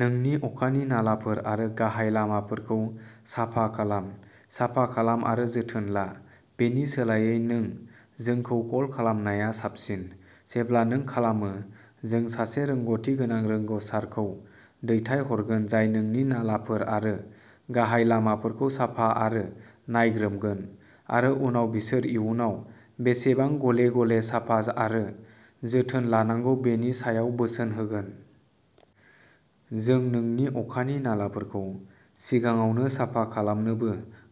नोंनि अखानि नालाफोर आरो गाहाय लामाफोरखौ साफा खालाम, साफा खालाम आरो जोथोन ला, बेनि सोलायै नों जोंखौ कल खालामनाया साबसिन। जेब्ला नों खालामो, जों सासे रोंग'थिगोनां रोंग'सारखौ दैथायहरगोन जाय नोंनि नालाफोर आरो गाहाय लामाफोरखौ साफा आरो नायग्रोमगोन, आरो उनाव बिसोर इयुनाव बेसेबां गले-गले साफा आरो जोथोन लानांगौ बेनि सायाव बोसोन होगोन। जों नोंनि अखानि नालाफोरखौ सिगाङावनो साफा खालामनोबो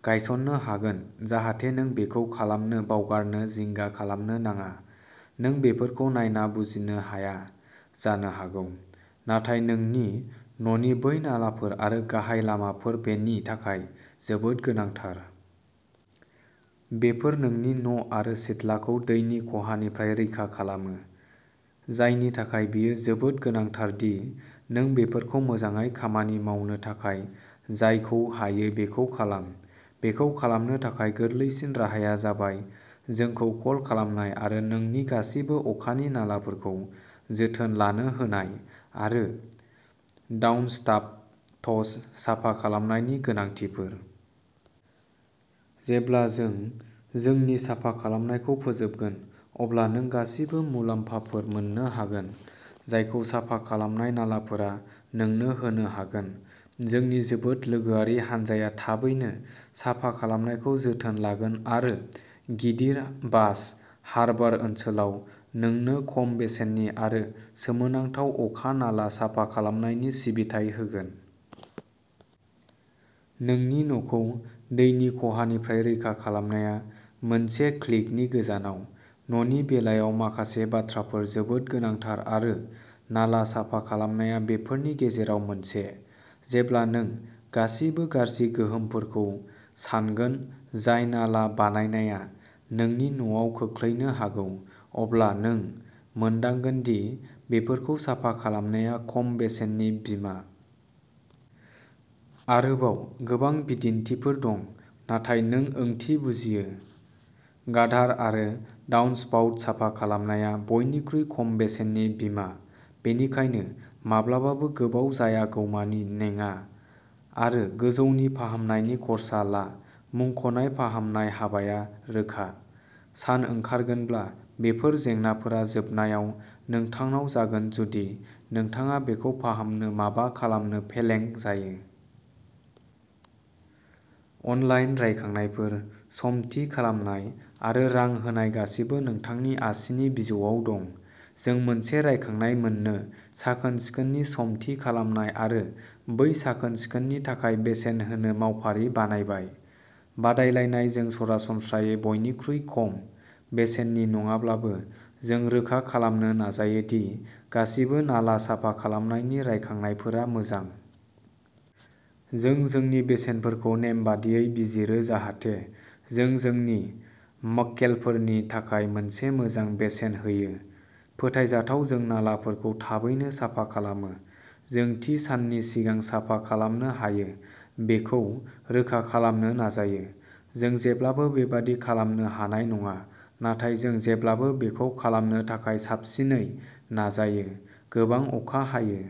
गायसननो हागोन जाहाथे नों बेखौ खालामनो बावगारनो जिंगा खालामनो नाङा। नों बेफोरखौ नायना बुजिनो हाया जानो हागौ, नाथाय नोंनि न'नि बै नालाफोर आरो गाहाय लामाफोरा बेनि थाखाय जोबोद गोनांथार। बेफोर नोंनि न'आरो सिथ्लाखौ दैनि खहानिफ्राय रैखा खालामो, जायनि थाखाय बेयो जोबोद गोनांथार दि नों बेफोरखौ मोजाङै खामानि मावनो थाखाय जायखौ हायो बेखौ खालाम। बेखौ खालामनो थाखाय गोरलैसिन राहाया जाबाय जोंखौ कल खालामनाय आरो नोंनि गासिबो अखानि नालाफोरखौ जोथोन लानो होनाय आरो डाउनस्पाउटस साफा खालामनायनि गोनांथिफोर। जेब्ला जों जोंनि साफा खालामनायखौ फोजोबगोन, अब्ला नों गासिबो मुलाम्फाफोर मोन्नो हागोन जायखौ साफा खालामनाय नालाफोरा नोंनो होनो हागोन। जोंनि जोबोद लोगोआरि हानजाया थाबैनो साफा खालामनायखौ जोथोन लागोन आरो गिदिर बास हार्बर ओनसोलाव नोंनो खम बेसेननि आरो सोमोनांथाव अखा नाला साफा खालामनायनि सिबिथाइ होगोन। नोंनि न'खौ दैनि खहानिफ्राय रैखा खालामनाया मोनसे क्लिकनि गोजानाव! न'नि बेलायाव माखासे बाथ्राफोर जोबोद गोनांथार आरो नाला साफा खालामनाया बेफोरनि गेजेराव मोनसे। जेब्ला नों गासिबो गाज्रि गोहोमफोरखौ सान्गोन जाय नाला बानायनाया नोंनि न'आव खोख्लैनो हागौ, अब्ला नों मोनदांगोन दि बेफोरखौ साफा खालामनाया खम बेसेननि बीमा। आरोबाव गोबां बिदिन्थिफोर दं नाथाय नों ओंथि बुजियो। गाटार आरो डाउनस्पाउट साफा खालामनाया बयनिख्रुइ खम बेसेननि बीमा, बेनिखायनो माब्लाबाबो गोबाव जायागौमानि नेङा आरो गोजौनि फाहामनायनि खर्सा ला। मुंख'नाय फाहामनाय हाबाया रोखा। सान ओंखारगोनब्ला, बेफोर जेंनाफोरा जोबनायाव नोंथांनाव जागोन जुदि नोंथाङा बेखौ फाहामनो माबा खालामनो फेलें जायो। अनलाइन रायखांनायफोर, सम थि खालामनाय, आरो रां होनाय-गासिबो नोंथांनि आसिनि बिजौआव दं। जों मोनसे रायखांनाय मोन्नो, साखोन-सिखोननि सम थि खालामनाय आरो बै साखोन-सिखोननि थाखाय बेसेन होनो मावफारि बानायबाय। बादायलायनाय-जों सरासनस्रायै बयनिख्रुइ खम बेसेननि नङाब्लाबो, जों रोखा खालामनो नाजायो दि गासिबो नाला साफा खालामनायनि रायखांनायफोरा मोजां। जों जोंनि बेसेनफोरखौ नेमबादियै बिजिरो जाहाथे जों जोंनि मक्केलफोरनि थाखाय मोनसे मोजां बेसेन होयो। फोथायजाथाव-जों नालाफोरखौ थाबैनो साफा खालामो। जों थि साननि सिगां साफा खालामनो हायो बेखौ रोखा खालामनो नाजायो। जों जेब्लाबो बेबादि खालामनो हानाय नङा, नाथाय जों जेब्लाबो बेखौ खालामनो थाखाय साबसिनै नाजायो। गोबां अखा हायो।